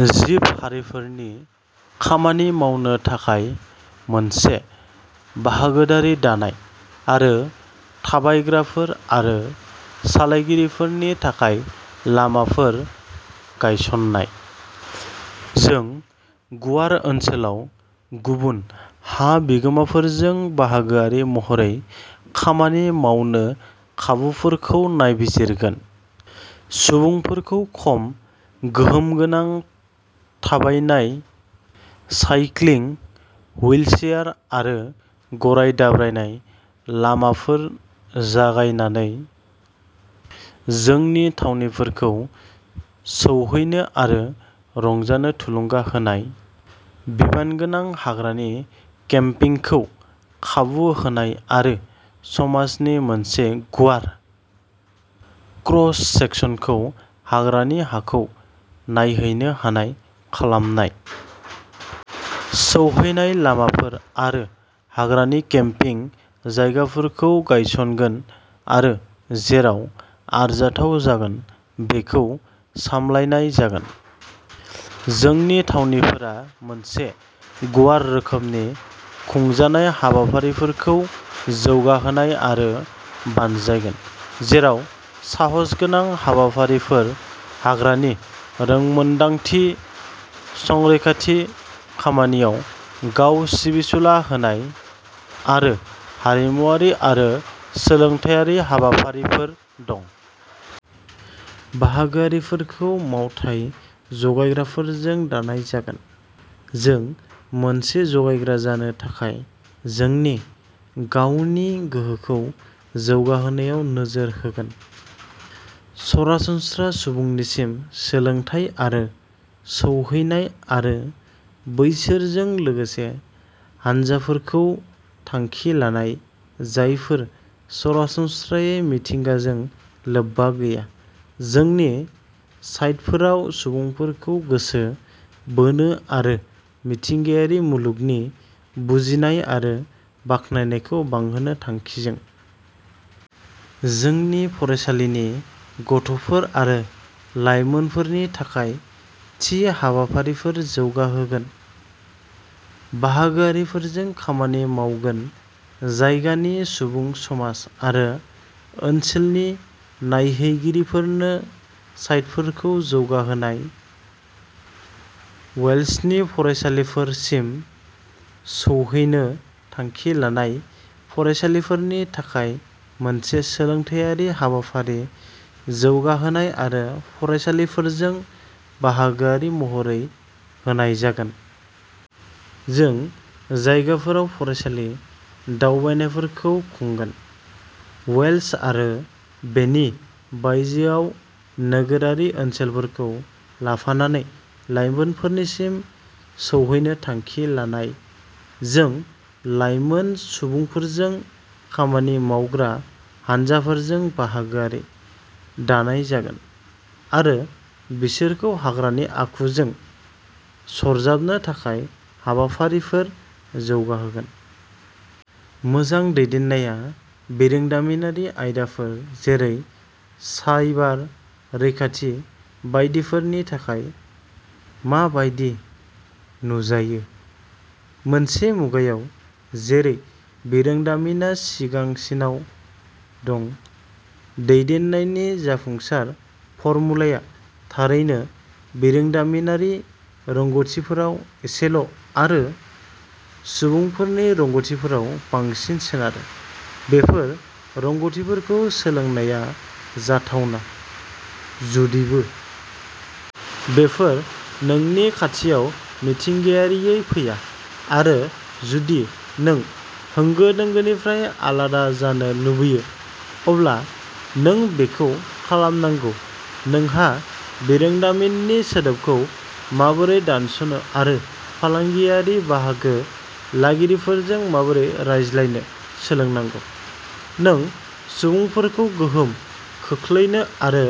जिब-हारिफोरनि खामानि मावनो थाखाय मोनसे बाहागोदारि दानाय, आरो थाबायग्राफोर आरो सालायगिरिफोरनि थाखाय लामाफोर गायसन्नाय। जों गुवार ओनसोलाव गुबुन हा बिगोमाफोरजों बाहागोआरि महरै खामानि मावनो खाबुफोरखौ नायबिजिरगोन। सुबुंफोरखौ खम गोहोम गोनां थाबायनाय, साइक्लिं, हुइलचेयार आरो गराय दाब्रायनाय लामाफोर जगायनानै जोंनि थावनिफोरखौ सौहैनो आरो रंजानो थुलुंगा होनाय, बिबानगोनां हाग्रानि केम्पिंखौ खाबु होनाय आरो समाजनि मोनसे गुवार क्रस-सेकसनखौ हाग्रानि हाखौ नायहैनो हानाय खालामनाय। सौहैनाय लामाफोर आरो हाग्रानि केम्पिं जायगाफोरखौ गायसनगोन आरो जेराव आरजाथाव जागोन बेखौ सामलायनाय जागोन। जोंनि थावनिफोराव मोनसे गुवार रोखोमनि खुंजानाय हाबाफारिफोरखौ जौगाहोनाय आरो बानजायगोन, जेराव साहसगोनां हाबाफारिफोर, हाग्रानि रोंमोनदांथि, संरैखाथि खामानियाव गाव सिबिसुला होनाय, आरो हारिमुआरि आरो सोलोंथायारि हाबाफारिफोर दं। बाहागोआरिफोरखौ मावथाय जगायग्राफोरजों दानाय जागोन। जों मोनसे जगायग्रा जानो थाखाय जोंनि गावनि गोहोखौ जौगाहोनायाव नोजोर होगोन। सरासनस्रा सुबुंफोरनिसिम सोलोंथाय आरो सौहैनाय आरो बैसोरजों लोगोसे हानजाफोरखौ थांखि लानाय, जायफोरा सरासनस्रायै मिथिंगाजों लोब्बा गैया, जोंनि साइटफोराव सुबुंफोरखौ गोसो बोनो आरो मिथिंगायारि मुलुगनि बुजिनाय आरो बाख्नायनायखौ बांहोनो थांखिजों। जों फरायसालिनि गथ'फोर आरो लाइमोनफोरनि थाखाय थि हाबाफारिफोर जौगाहोगोन, बाहागोआरिफोरजों खामानि मावगोन। जायगानि सुबुं समाज आरो ओनसोलनि नायहैगिरिफोरनो साइटफोरखौ जौगाहोनाय। वेल्सनि फरायसालिफोरसिम सौहैनो थांखि लानाय। फरायसालिफोरनि थाखाय मोनसे सोलोंथायारि हाबाफारि जौगाहोनाय आरो फरायसालिफोरजों बाहागोआरि महरै होनाय जागोन। जों जायगाफोराव फरायसालि दावबायनायफोरखौ खुंगोन। वेल्स आरो बेनि बायजोआव नोगोरारि ओनसोलफोरखौ लाफानानै लाइमोनफोरसिम सौहैनो थांखि लानाय। जों लाइमोन सुबुंफोरजों खामानि मावग्रा हानजाफोरजों बाहागोआरि दानाय जागोन, आरो बिसोरखौ हाग्रानि आखुजों सरजाबनो थाखाय हाबाफारिफोर जौगाहोगोन। मोजां दैदेननाया बिरोंदामिनारि आयदाफोर, जेरै साइबार रैखाथि बायदिफोरनि थाखाय मा बायदि नुजायो? मोनसे मुगायाव जेराव बिरोंदामिनआ सिगांसिनाव दं, दैदेननायनि जाफुंसार फर्मुलाया थारैनो बिरोंदामिनारि रोंग'थिफोराव एसेल'आरो सुबुंफोरनि रोंग'थिफोराव बांसिन सोनारो। बेफोर रोंग'थिफोरखौ सोलोंनाया जाथावना, जुदिबो। बेफोरो नोंनि खाथियाव मिथिंगायारियै फैया, आरो जुदि नों होंगो-दोंगोनिफ्राय आलादा जानो लुबैयो, अब्ला नों बेखौ खालामनांगौ। नोंहा बिरोंदामिननि सोदोबखौ माबोरै दानस'नो आरो फालांगियारि बाहागो लागिरिफोरजों माबोरै रायज्लायनो सोलोंनांगौ। नों सुबुंफोरखौ गोहोम खोख्लैनो आरो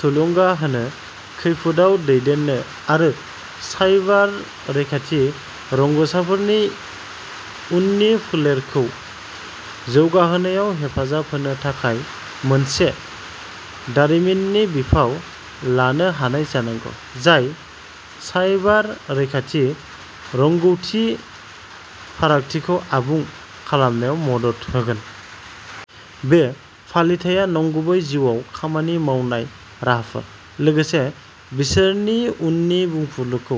थुलुंगा होनो, खैफोदआव दैदेननो आरो साइबार रैखाथि रोंग'सारफोरनि उननि फोलेरखौ जौगाहोनायाव हेफाजाब होनो थाखाय मोनसे दारिमिननि बिफाव लानो हानाय जानांगौ, जाय साइबार रैखाथि रोंग'थिनि फारागथिखौ आबुं खालामनायाव मदद होगोन। बे फालिथाइया नंगुबै जिउआव खामानि मावनाय राहाफोर, लोगोसे बिसोरनि उननि बुंफुरलुखौ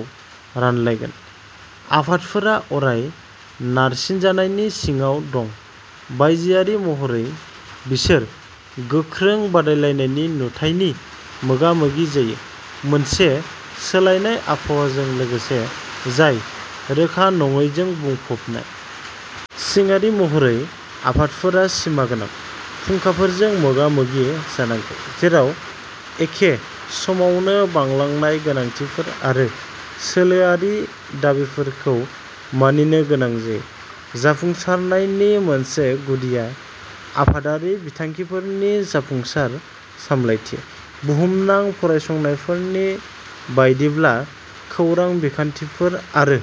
रानलायगोन। आफादफोरा अराय नारसिनजानायनि सिङाव दं। बायजोआरि महरै, बिसोर गोख्रों बादायलायनायनि नुथायनि मोगा-मोगि जायो, मोनसे सोलायनाय आबहावाजों लोगोसे जाय रोखा नङैजों बुंफबनाय। सिंआरि महरै, आफादफोरा सिमागोनां फुंखाफोरजों मोगा-मोगि जानांगौ, जेराव एखे समावनो बांलांनाय गोनांथिफोर आरो सोलोआरि दाबिफोरखौ मानिनो गोनां जायो। जाफुंसारनायनि मोनसे गुदिआ आफादारि बिथांखिफोरनि जाफुंसार सामलायथि। बुहुमनां फरायसंनायफोरनि बायदिब्ला, खौरां बिखान्थिफोर आरो